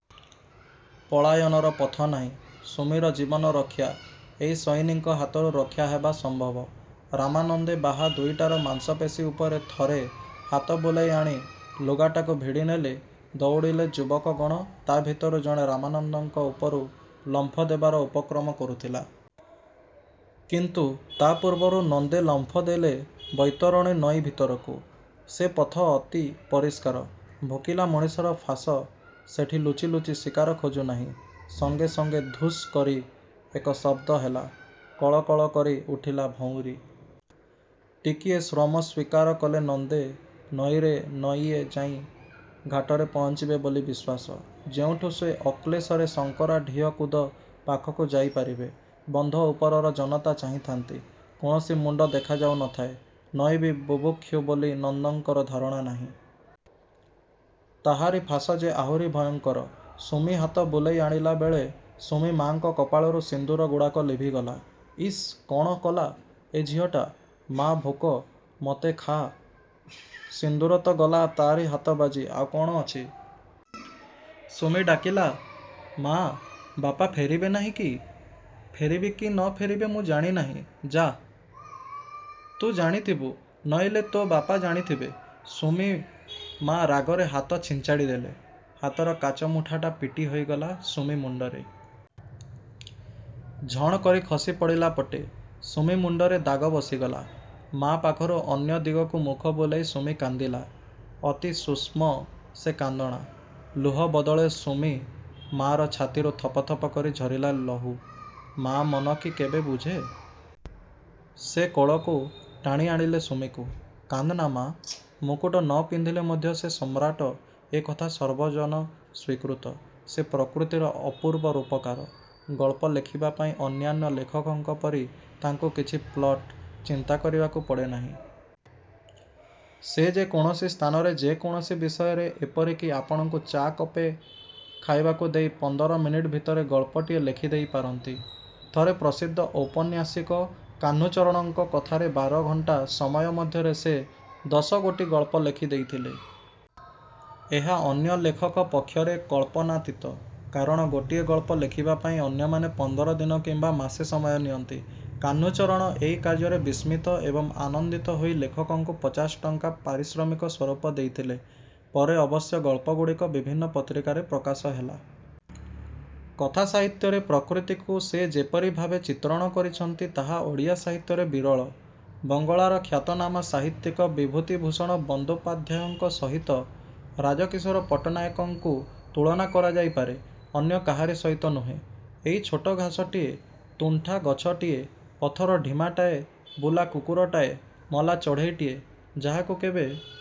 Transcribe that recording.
ପଳାୟନର ପଥ ନାହିଁ। ସୁମିର ଜୀବନ ରକ୍ଷା-ଏଇ ସଇନିଙ୍କ ହାତରୁ ରକ୍ଷା ହେବା ସମ୍ଭବ। ରାମାନନ୍ଦେ ବାହା ଦୁଇଟାର ମାଂସପେଶୀ ଉପରେ ଥରେ ହାତ ବୁଲେଇ ଆଣି-ଲୁଗାଟାକୁ ଭିଡ଼ି ନେଲେ। ଦଉଡ଼ିଲେ ଯୁବକ ଗଣ, ତା ଭିତରୁ ଜଣେ ରାମନନ୍ଦଙ୍କ ଉପରକୁ ଲମ୍ଫ ଦେବାର ଉପକ୍ରମ କରୁଥିଲା। କିନ୍ତୁ ତା ପୂର୍ବରୁ ନନ୍ଦେ ଲମ୍ଫ ଦେଲେ ବୈତରଣୀ ନଈ ଭିତରକୁ। ସେ ପଥ ଅତି ପରିଷ୍କାର। ଭୋକିଲା ମଣିଷର ଫାଶ ସେଠି ଲୁଚି ଲୁଚି ଶିକାର ଖୋଜୁ ନାହିଁ। ସଙ୍ଗେ ସଙ୍ଗେ 'ଧୁସ୍' କରି ଏକ ଶବ୍ଦ ହେଲା। କଳ କଳ କରି ଉଠିଲା ଭଉଁରୀ। ଟିକିଏ ଶ୍ରମ ସ୍ୱୀକାର କଲେ ନନ୍ଦେ ନଈରେ ନଈଏ ଯାଇଁ ଘାଟରେ ପହଞ୍ଚିବେ ବୋଲି ବିଶ୍ୱାସ। ଯେଉଁଠୁ ସେ ଅକ୍ଳେଶରେ ଶଙ୍କରା ଢିଅ କୁଦ ପାଖକୁ ଯାଇ ପାରିବେ। ବନ୍ଧ ଉପରର ଜନତା ଚାହିଁଥାନ୍ତି। କୌଣସି ମୁଣ୍ଡ ଦେଖାଯାଉ ନଥାଏ। ନଈ ବି ବୁଭୁକ୍ଷୁ ବୋଲି ନନ୍ଦଙ୍କର ଧାରଣା ନାହିଁ। ତାହାରି ଫାଶ ଯେ ଆହୁରି ଭୟଙ୍କର। ସୁମି ହାତ ବୁଲେଇ ଆଣିଲା ବେଳେ ସୁମି-ମାଙ୍କ କପାଳରୁ ସିନ୍ଦୂରଗୁଡ଼ାକ ଲିଭିଗଲା। ଇସ୍-କଣ କଲା ଏ ଝିଅଟା! -'ମା ଭୋକ। ' -'ମୋତେ ଖା। ' ସିନ୍ଦୂର ତ ଗଲା ତାରି ହାତ ବାଜି। ଆଉ କଣ ଅଛି? ସୁମି ଡ଼ାକିଲା-'ମା, ବାପା ଫେରିବେ ନାହିଁ କି-ଫେରିବେ କି ନ ଫେରିବେ ମୁଁ ଜାଣି ନାହିଁ, ଯାଃ। ତୁ ଜାଣିଥିବୁ, ନଇଲେ ତୋ ବାପା ଜାଣି ଥିବେ। ' ସୁମି-ମା ରାଗରେ ହାତ ଛିଞ୍ଚାଡ଼ି ଦେଲେ। ହାତର କାଚ ମୁଠାଟା ପିଟି ହୋଇଗଲା ସୁମି ମୁଣ୍ଡରେ। ଝଣ୍ କରି ଖସି ପଡ଼ିଲା ପଟେ। ସୁମି ମୁଣ୍ଡରେ ଦାଗ ବସିଗଲା। ମା' ପାଖରୁ ଅନ୍ୟ ଦିଗକୁ ମୁଖ ବୁଲେଇ ସୁମି କାନ୍ଦିଲା। ଅତି ଶୁଷ୍ମ ସେ କାନ୍ଦଣା। ଲୁହ ବଦଳରେ ସୁମି-ମା'ର ଛାତିରୁ ଥପ ଥପ କରି ଝରିଲା ଲହୁ। ମା' ମନ କି କେବେ ବୁଝେ। ସେ କୋଳକୁ ଟାଣି ଆଣିଲେ ସୁମିକୁ। 'କାନ୍ଦ୍ ନା, ମା। ମୁକୁଟ ନ ପିନ୍ଧିଲେ ମଧ୍ୟ ସେ ସମ୍ରାଟ ଏ କଥା ସର୍ବଜନ ସ୍ୱୀକୃତ। ସେ ପ୍ରକୃତିର ଅପୂର୍ବ ରୂପକାର। ଗଳ୍ପ ଲେଖିବା ପାଇଁ ଅନ୍ୟାନ୍ୟ ଲେଖକଙ୍କ ପରି ତାଙ୍କୁ କିଛି ପ୍ଲଟ୍ ଚିନ୍ତା କରିବାକୁ ପଡ଼େନାହିଁ। ସେ ଯେ କୌଣସି ସ୍ଥାନରେ, ଯେ କୌଣସି ବିଷୟରେ ଏପରିକି ଆପଣଙ୍କୁ ଚା'କପେ ଖାଇବାକୁ ଦେଇ ପନ୍ଦର ମିନିଟ୍ ଭିତରେ ଗଳ୍ପଟିଏ ଲେଖିଦେଇ ପାରନ୍ତି। ଥରେ ପ୍ରସିଦ୍ଧ ଔପନ୍ୟାସିକ କାହ୍ନୁଚରଣଙ୍କ କଥାରେ ବାର ଘଣ୍ଟା ସମୟ ମଧ୍ୟରେ ସେ ଦଶ ଗୋଟି ଗଳ୍ପ ଲେଖି ଦେଇଥିଲେ। ଏହା ଅନ୍ୟ ଲେଖକ ପକ୍ଷରେ କଳ୍ପନାତୀତ, କାରଣ ଗୋଟିଏ ଗଳ୍ପ ଲେଖିବା ପାଇଁ ଅନ୍ୟମାନେ ପନ୍ଦର ଦିନ କିମ୍ବା ମାସେ ସମୟ ନିଅନ୍ତି। କାହ୍ନୁଚରଣ ଏହି କାର୍ଯ୍ୟରେ ବିସ୍ମିତ ଏବଂ ଆନନ୍ଦିତ ହୋଇ ଲେଖକଙ୍କୁ ପଚାଶ ଟଙ୍କା ପାରିଶ୍ରମିକ ସ୍ୱରୂପ ଦେଇଥିଲେ-। ପରେ ଅବଶ୍ୟ ଗଳ୍ପ ଗୁଡ଼ିକ ବିଭିନ୍ନ ପତ୍ରିକାରେ ପ୍ରକାଶିତ ହେଲା। କଥା ସାହିତ୍ୟରେ ପ୍ରକୃତିକୁ ସେ ଯେପରି ଭାବେ ଚିତ୍ରଣ କରିଛନ୍ତି ତାହା ଓଡ଼ିଆ ସାହିତ୍ୟରେ ବିରଳ। ବଙ୍ଗଳାର ଖ୍ୟାତନାମା ସାହିତ୍ୟିକ ବିଭୁତିଭୂଷଣ ବନ୍ଦୋପାଧ୍ୟାୟଙ୍କ ସହିତ ରାଜକିଶୋର ପଟ୍ଟନାୟକଙ୍କୁ ତୁଳନା କରାଯାଇ ପାରେ, ଅନ୍ୟ କାହାରି ସହିତ ନୁହେଁ। ଏଇ ଛୋଟ ଘାସଟିଏ, ଥୁଣ୍ଟା ଗଛଟିଏ, ପଥର ଢିମାଟାଏ, ବୁଲା କୁକୁରଟାଏ, ମଲା ଚଢ଼େଇଟିଏ, ଯାହାକୁ କେବେ